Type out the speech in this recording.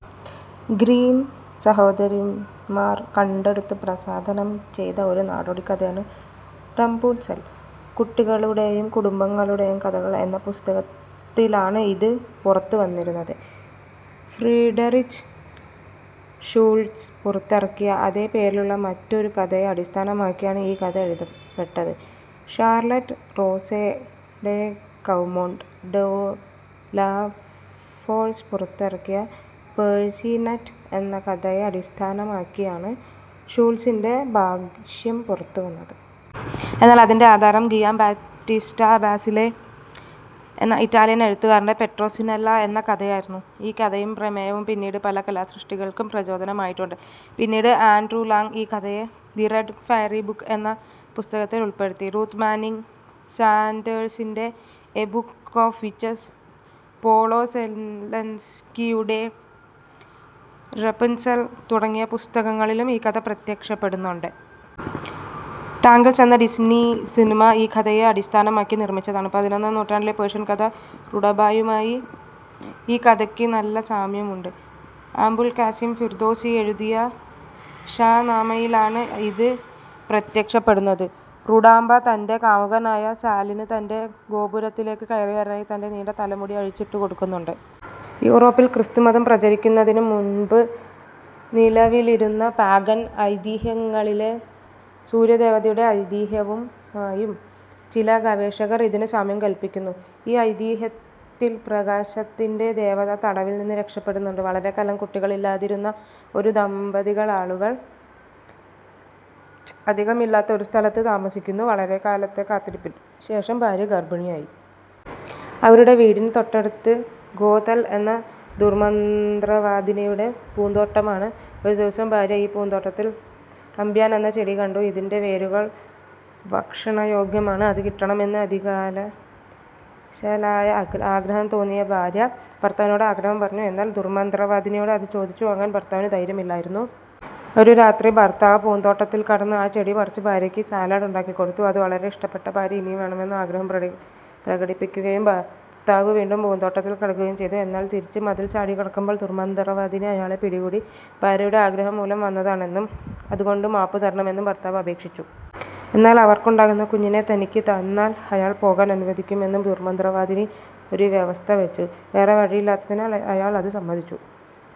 Grim സഹോദരന്മാർ കണ്ടെടുത്ത് പ്രസാധനം ചെയ്ത ഒരു നാടോടിക്കഥയാണ് റാപുൻട്സെൽ. കുട്ടികളുടെയും കുടുംബങ്ങളുടെയും കഥകൾ എന്ന പുസ്തകത്തിലാണ് ഇത് പുറത്തുവരുന്നത്. ഫ്രീഡറിച്ച് ഷുൾട്സ് പുറത്തിറക്കിയ അതേ പേരിലുള്ള മറ്റൊരു കഥയെ അടിസ്ഥാനമാക്കിയാണ് ഈ കഥ എഴുതപ്പെട്ടത്. Charlotte Rose de Caumont de La Force പുറത്തിറക്കിയ പേഴ്സിനെറ്റ് എന്ന കഥയെ അടിസ്ഥാനമാക്കിയാണ് ഷുൾട്സിൻ്റെ ഭാഷ്യം പുറത്തുവരുന്നത്. എന്നാൽ അതിൻ്റെ ആധാരം ഗിയാംബാറ്റിസ്റ്റ ബാസിലെ എന്ന ഇറ്റാലിയൻ എഴുത്തുകാരൻ്റെ പെട്രോസിനെല്ല എന്ന കഥയായിരുന്നു. ഈ കഥയും പ്രമേയവും പിന്നീട് പല കലാസൃഷ്ടികൾക്കും പ്രചോദനമായിട്ടുണ്ട്. പിന്നീട് ആൻഡ്രൂ ലാങ് ഈ കഥയെ 'ദി റെഡ് ഫെയറി ബുക്ക്' എന്ന പുസ്തകത്തിൽ ഉൾപ്പെടുത്തി. രൂത്ത് മാനിംഗ് സാന്ഡേഴ്സിൻ്റെ 'a book of witches', Paul O സെലിൻസ്കിയുടെ 'റപ്പുൻസെൽ' തുടങ്ങിയ പുസ്തകങ്ങളിലും ഈ കഥ പ്രത്യക്ഷപ്പെടുന്നുണ്ട്. 'റ്റാങ്കിൽഡ്' എന്ന ഡിസ്നി സിനിമ ഈ കഥയെ അടിസ്ഥാനമാക്കി നിർമ്മിച്ചതാണ്. പതിനൊന്നാം നൂറ്റാണ്ടിലെ പേർഷ്യൻ കഥ റുഡാബയുമായി ഈ കഥയ്ക്ക് നല്ല സാമ്യമുണ്ട്. അബുൾ കാസിം ഫിർദോസി എഴുതിയ ഷാ നാമയിലാണ് ഇത് പ്രത്യക്ഷപ്പെടുന്നത്. റുഡാബ തൻ്റെ കാമുകനായ സാലിന് തൻ്റെ ഗോപുരത്തിലേക്ക് കയറിവരാനായി തൻ്റെ നീണ്ട തലമുടി അഴിച്ചിട്ടു കൊടുക്കുന്നുണ്ട്. യൂറോപ്പിൽ ക്രിസ്തുമതം പ്രചരിക്കുന്നതിന് മുൻപ് നിലവിലിരുന്ന പാഗൻ ഐതിഹ്യങ്ങളിലെ സൂര്യദേവതയുടെ ഐതിഹ്യവുമായും ചില ഗവേഷകർ ഇതിന് സാമ്യം കൽപ്പിക്കുന്നു. ഈ ഐതിഹ്യത്തിൽ പ്രകാശത്തിൻ്റെ ദേവത തടവിൽ നിന്നും രക്ഷപ്പെടുന്നുണ്ട്. വളരെക്കാലം കുട്ടികളില്ലാതിരുന്ന ഒരു ദമ്പതികൾ ആളുകൾ അധികമില്ലാത്ത ഒരു സ്ഥലത്ത് താമസിക്കുന്നു. വളരെക്കാലത്തെ കാത്തിരിപ്പിനുശേഷം ഭാര്യ ഗർഭിണിയായി. അവരുടെ വീടിന് തൊട്ടടുത്ത് ഗോഥൽ എന്ന ദുർമന്ത്രവാദിനിയുടെ പൂന്തോട്ടമാണ്. ഒരു ദിവസം ഭാര്യ ഈ പൂന്തോട്ടത്തിൽ റാമ്പ്യൻ എന്ന ചെടി കണ്ടു. ഇതിൻ്റെ വേരുകൾ ഭക്ഷണയോഗ്യമാണ്. അത് കിട്ടണമെന്ന് അതികലശലായ ആഗ്രഹം തോന്നിയ ഭാര്യ ഭർത്താവിനോട് ആഗ്രഹം പറഞ്ഞു. എന്നാൽ ദുർമന്ത്രവാദിനിയോട് അത് ചോദിച്ചു വാങ്ങാൻ ഭർത്താവിന് ധൈര്യമില്ലായിരുന്നു. ഒരു രാത്രി ഭർത്താവ് പൂന്തോട്ടത്തിൽ കടന്ന് ആ ചെടി പറിച്ച് ഭാര്യയ്ക്ക് സാലഡ് ഉണ്ടാക്കി കൊടുത്തു. അത് വളരെ ഇഷ്ടപ്പെട്ട ഭാര്യ ഇനിയും വേണമെന്ന് ആഗ്രഹം പ്രകടിപ്പിക്കുകയും ഭർത്താവ് വീണ്ടും പൂന്തോട്ടത്തിൽ കടക്കുകയും ചെയ്തു. എന്നാൽ തിരിച്ച് മതിൽ ചാടിക്കടക്കുമ്പോൾ ദുർമന്ത്രവാദിനി അയാളെ പിടികൂടി. ഭാര്യയുടെ ആഗ്രഹം മൂലം വന്നതാണെന്നും അതുകൊണ്ട് മാപ്പു തരണമെന്നും ഭർത്താവ് അപേക്ഷിച്ചു. എന്നാൽ അവർക്കുണ്ടാകുന്ന കുഞ്ഞിനെ തനിക്ക് തന്നാൽ അയാളെ പോകാൻ അനുവദിക്കാമെന്ന് ദുർമന്ത്രവാദിനി ഒരു വ്യവസ്ഥ വെച്ചു. വേറെ വഴിയില്ലാത്തതിനാൽ അയാൾ അത് സമ്മതിച്ചു.